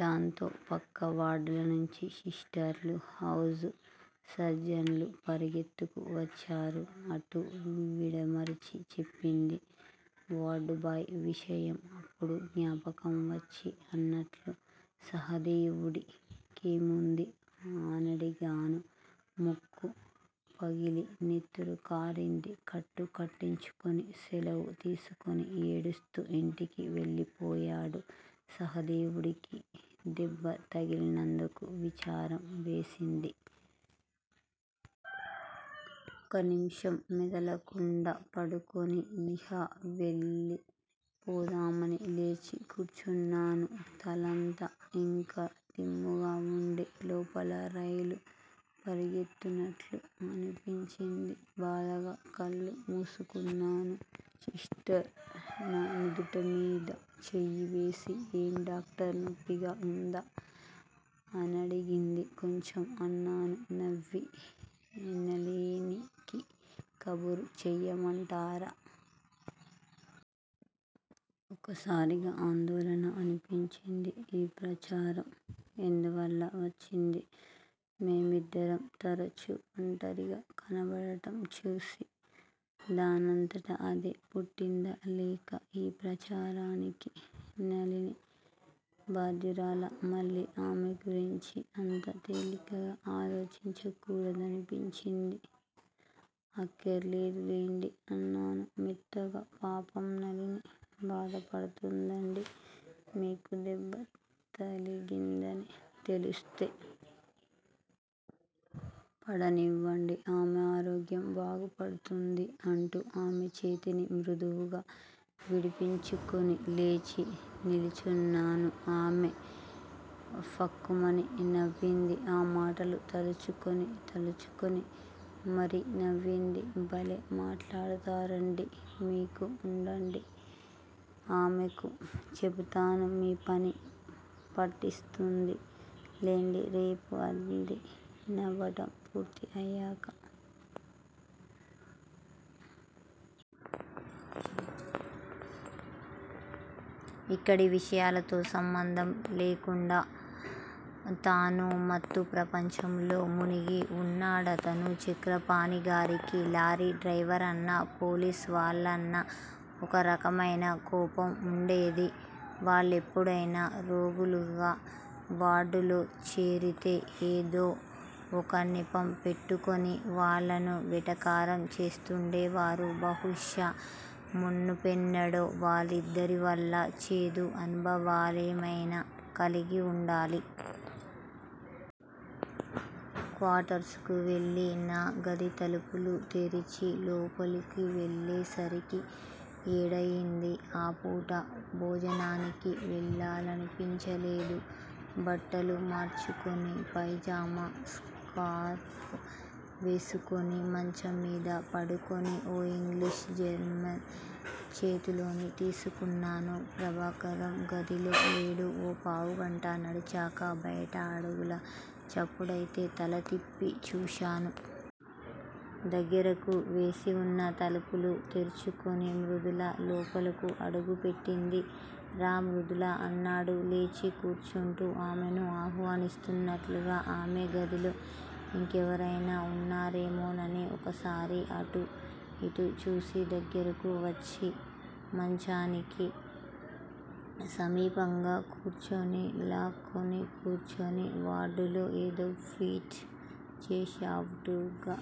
దాంతో పక్క వార్డులనుంచి సిస్టర్లూ, హౌస్ సర్జన్లూ పరిగెత్తుకు వచ్చారు అటు విడమర్చి చెప్పింది. వార్డుబాయ్ విషయం అప్పుడు జ్ఞాపకం వచ్చి అన్నట్లు సహదేవుడి కేముంది? అనడిగాను. ముక్కు పగిలి నెత్తురుకారింది. కట్టు కట్టించుకుని, సెలవు తీసుకుని ఏడుస్తూ యింటికివెళ్ళిపోయాడు. సహదేవుడికి దెబ్బ తగిలినందుకు విచారం వేసింది. ఒక్క నిముషం మెదలకుండా పడుకుని యిహ వెళ్ళిపోదామని లేచి కూర్చున్నాను. తలంతా యింకా దిమ్ముగా వుండి, లోపల రైళ్ళు పరిగెత్తున్నట్లు అనిపించింది. బాధగా కళ్ళు మూసుకున్నాను. సిస్టర్ నా నుదుటిమీద చెయ్యివేసి ఏం డాక్టర్, నొప్పిగా వుందా? అనడిగింది. కొంచెం అన్నాను నవ్వి. నళినికి కబురు చెయ్యమంటారా? ఒక్కసారిగా ఆందోళన అనిపించింది. ఈ ప్రచారం ఎందువల్ల వచ్చింది? మేమిద్దరం తరుచు వంటరిగా కనబడటం చూసి దానంతట అదే పుట్టిందా? లేక ఈ ప్రచారానికి నళిని బాధ్యురాలా! మళ్ళీ ఆమె గురించి అంత తేలికగా ఆలోచించకూడదనిపించింది. అఖ్కర్లేదులెండి అన్నాను మెత్తగా. పాపం నళిని బాధపడుతుందండి మీకు దెబ్బ తగిలిందని తెలిస్తే. పడనివ్వండి. ఆమె ఆరోగ్యం బాగుపడుతుంది అంటూ ఆమె చేతిని మృదువుగా విడిపించుకుని లేచి నిల్చున్నాను. ఆమె ఫక్కుమని నవ్వింది. ఆ మాటలు తలుచుకుని తలుచుకుని మరీ నవ్వింది. బలే మాట్లాడతారండి మీకు. ఉండండి ఆమెకు చెబుతాను. మీపని పట్టిస్తుంది లెండి, రేపు అంది, నవ్వటం పూర్తి అయాక. ఇక్కడి విషయాలతో సంబంధం లేకుండా తను మత్తు ప్రపంచంలో మునిగి ఉన్నాడతను. చక్రపాణిగారికి లారీ డ్రైవరన్నా పోలీసువాళ్ళన్నా, ఒకరకమైన కోపం వుండేది. వాళ్ళెప్పుడైనా రోగులుగా వార్డులో చేరితే ఏదో ఒక నెపం పెట్టుకుని వాళ్ళను వెటకారం చేస్తూండేవారు. బహుశా మునుపెన్నడో వారిద్దరివల్లా చేదు అనుభవాలేమైనా కలిగివుండాలి. క్వార్టర్సుకు వెళ్ళి, నా గదితలుపులు తెరిచి లోపలకు వెళ్ళేసరికి ఏడయింది. ఆపూట భోజనానికి వెళ్ళాలనిపించలేదు. బట్టలు మార్చుకుని, పైజామా, స్కార్ఫ్ వేసుకుని మంచంమీద పడుకుని, ఓ యింగ్లీషు జర్నల్ చేతిలో తీసుకున్నాను. ప్రభాకరం గదిలో లేడు. ఓ పావుగంట గడిచాక బయట అడుగుల చప్పుడయితే తలతిప్పి చూశాను. దగ్గరకు వేసి వున్న తలుపులు తెరుచుకుని మృదుల లోపలకు అడుగు పెట్టింది. రా మృదులా! అన్నాడు లేచి కూర్చుంటూ. ఆమెను ఆహ్వానిస్తున్నట్లుగా. ఆమె గదిలో యింకెవరైనా వున్నారేమోనని ఒక సారి అటూ యిటూ చూసి దగ్గరకు వచ్చి, మంచానికి సమీపంగా కూర్చుని లాక్కుని కూర్చుని వార్డులో ఏదో ఫీట్ చేశావుటగా!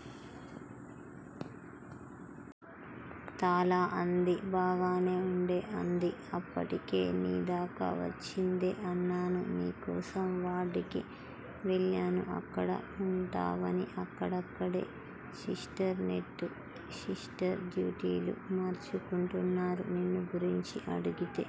తాల అoదీ బాగానే ఉండే అంది. అప్పటికే నీ దాకావచ్చిందే అన్నాను. నీకోసం వార్డుకి వెళ్ళాను. అక్కడ వుంటావని. అక్కడక్కడే సిస్టరూ, నైట్ సిస్టరూ డ్యూటీలు మార్చుకుంటున్నారు. నిన్ను గురించి అడిగితే